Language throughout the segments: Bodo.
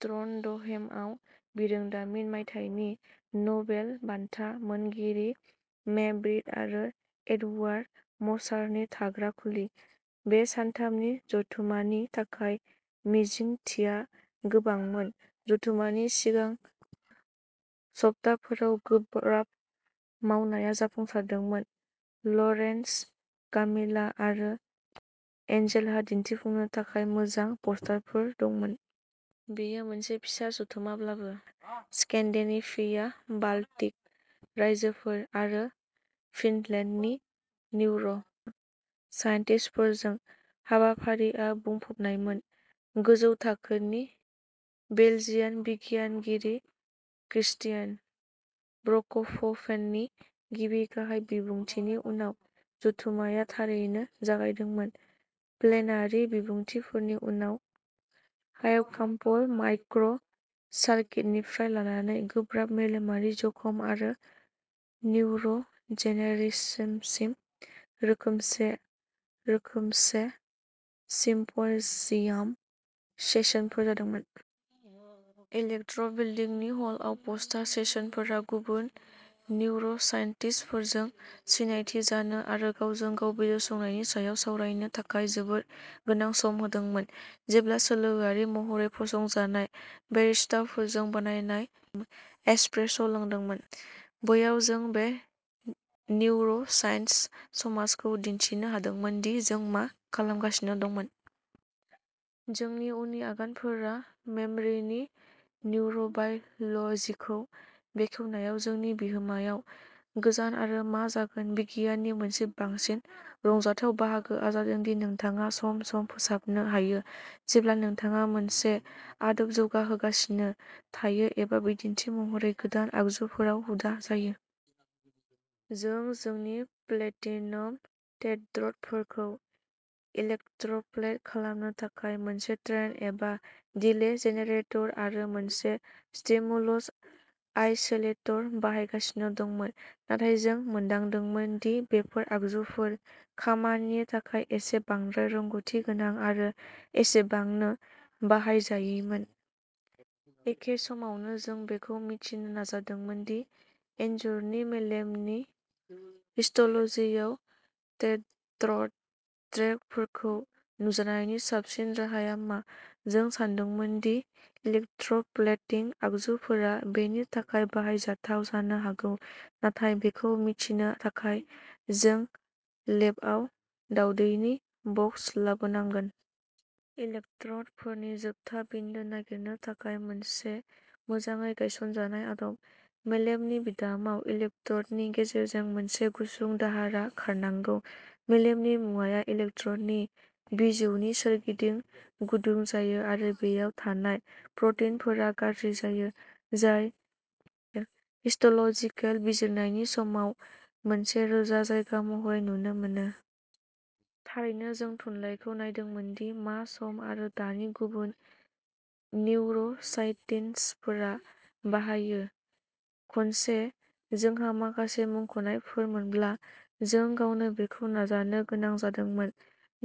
ट्रनडहेमआव बिरोंदामिन, मायथाइनि नबेल बान्था मोनगिरि मे ब्रिट आरो एडवार्ड मसारनि थाग्रा खुलि, बे सानथामनि जथुम्मानि थाखाय मिजिंथिया गोबांमोन। जथुम्मानि सिगां सप्ताहफोराव गोब्राब मावनाया जाफुंसारदोंमोन। लरेन्ज कामिला आरो एन्जेलहा दिन्थिफुंनो थाखाय मोजां पस्टारफोर दंमोन। बेयो मोनसे फिसा जथुम्माब्लाबो, स्केन्डिनेभिया, बाल्टिक रायजोफोर आरो फिनलेन्डनि निउर' साइन्टिस्टफोरजों, हाबाफारिआ बुंफबनायमोन। गोजौ थाखोनि बेल्जियान बिगियानगिरि क्रिस्टिन ब्र'कख'भेननि गिबि गाहाय बिबुंथिनि उनाव, जथुम्माया थारैनो जागायदोंमोन। प्लेनारि बिबुंथिफोरनि उनाव हायपकाम्पल माइक्र' सार्किटनिफ्राय लानानै गोब्राब मेलेमारि जखम आरो निउर'जेनेसिससिम रोखोमसे रोखोमसे सिम्प'जियाम सेसनफोर जादोंमोन। इलेक्ट्र' बिल्दिंनि हलआव पस्टार सेसनफोरा गुबुन निउर'साइन्टिस्टफोरजों सिनायथि जानो आरो गावजों-गाव बिजिरसंनायनि सायाव सावरायनो थाखाय जोबोद गोनां सम होदोंमोन, जेब्ला सोलोआरि महरै फसंजानाय बेरिस्टाफोरजों बानायनाय एस्प्रेस'लोंदोंमोन। बैयाव जों बे निउर'साइन्स समाजखौ दिन्थिनो हादोंमोन दि जों मा खालामगासिनो दंमोन। जोंनि उननि आगानफोरा मेमरिनि निउर'बाय'ल'जिखौ बेखेवनायाव जोंनि बिहोमायाव गोजान आरो मा जागोन। बिगियाननि मोनसे बांसिन रंजाथाव बाहागोआ जादों दि नोंथाङा सम-सम फोसाबनो हायो। जेब्ला नोंथाङा मोनसे आदब जौगाहोगासिनो थायो एबा बिदिन्थि महरै गोदान आगजुफोराव हुदा जायो। जों जोंनि प्लेटिनम टेट्र'डफोरखौ इलेक्ट्र'प्लेट खालामनो थाखाय मोनसे ट्रेन एबा डिले जेनेरेटर आरो मोनसे स्टिमुलस आइसोलेटर बाहायगासिनो दंमोन, नाथाय जों मोनदांदोंमोन दि बेफोर आगजुफोर खामानिनि थाखाय एसे बांद्राय रोंग'थि गोनां आरो एसेबांनो बाहायजायैमोन। एखे समावनो जों बेखौ मिथिनो नाजादोंमोन दि एनजरनि मेलेमनि हिस्ट'ल'जियाव टेट्र'ड ट्रेकफोरखौ नुजानायनि साबसिन राहाया मा। जों सानदोंमोन दि इलेक्ट्र'प्लेटिं आगजुफोरा बेनि थाखाय बाहायजाथाव जानो हागौ, नाथाय बेखौ मिथिनो थाखाय, जों लेबआव दावदैनि बक्स लाबोनांगोन। इलेक्ट्र'डफोरनि जोबथा बिन्दो नागिरनो थाखाय मोनसे मोजाङै गायसनजानाय आदब। मेलेमनि बिदामाव, इलेक्ट्र'डनि गेजेरजों मोनसे गुसुं दाहारा खारनांगौ। मेलेमनि मुवाया इलेक्ट्र'डनि बिजौनि सोरगिदिं गुदुं जायो आरो बेयाव थानाय प्र'टिनफोरा गाज्रि जायो, जाय हिस्ट'ल'जिकेल बिजिरनायनि समाव मोनसे रोजा जायगा महरै नुनो मोनो। थारैनो जों थुनलाइखौ नायदोंमोन दि मा सम आरो दानि गुबुन निउर'साइन्टिस्टफोरा बाहायो। खनसे जोंहा माखासे मुंख'नायफोर मोनब्ला, जों गावनो बेखौ नाजानो गोनां जादोंमोन।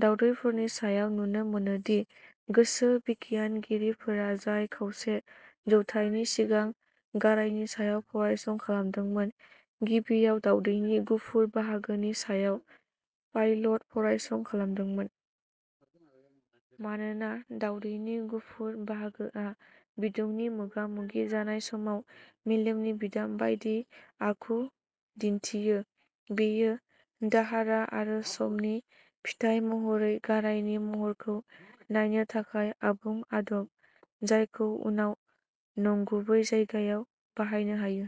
दावदैफोरनि सायाव। नुनो मोनोदि गोसो बिगियानगिरिफोरा जाय खावसे जौथायनि सिगां गारायनि सायाव फरायसं खालामदोंमोन, गिबियाव दावदैनि गुफुर बाहागोनि सायाव पाइलट फरायसं खालामदोंमोन। मानोना दावदैनि गुफुर बाहागोआ बिदुंनि मोगामोगि जानाय समाव मेलेमनि बिदाम बायदि आखु दिन्थियो, बेयो दाहारा आरो समनि फिथाय महरै गारायनि महरखौ नायनो थाखाय आबुं आदब, जायखौ उनाव नंगुबै जायगायाव बाहायनो हायो।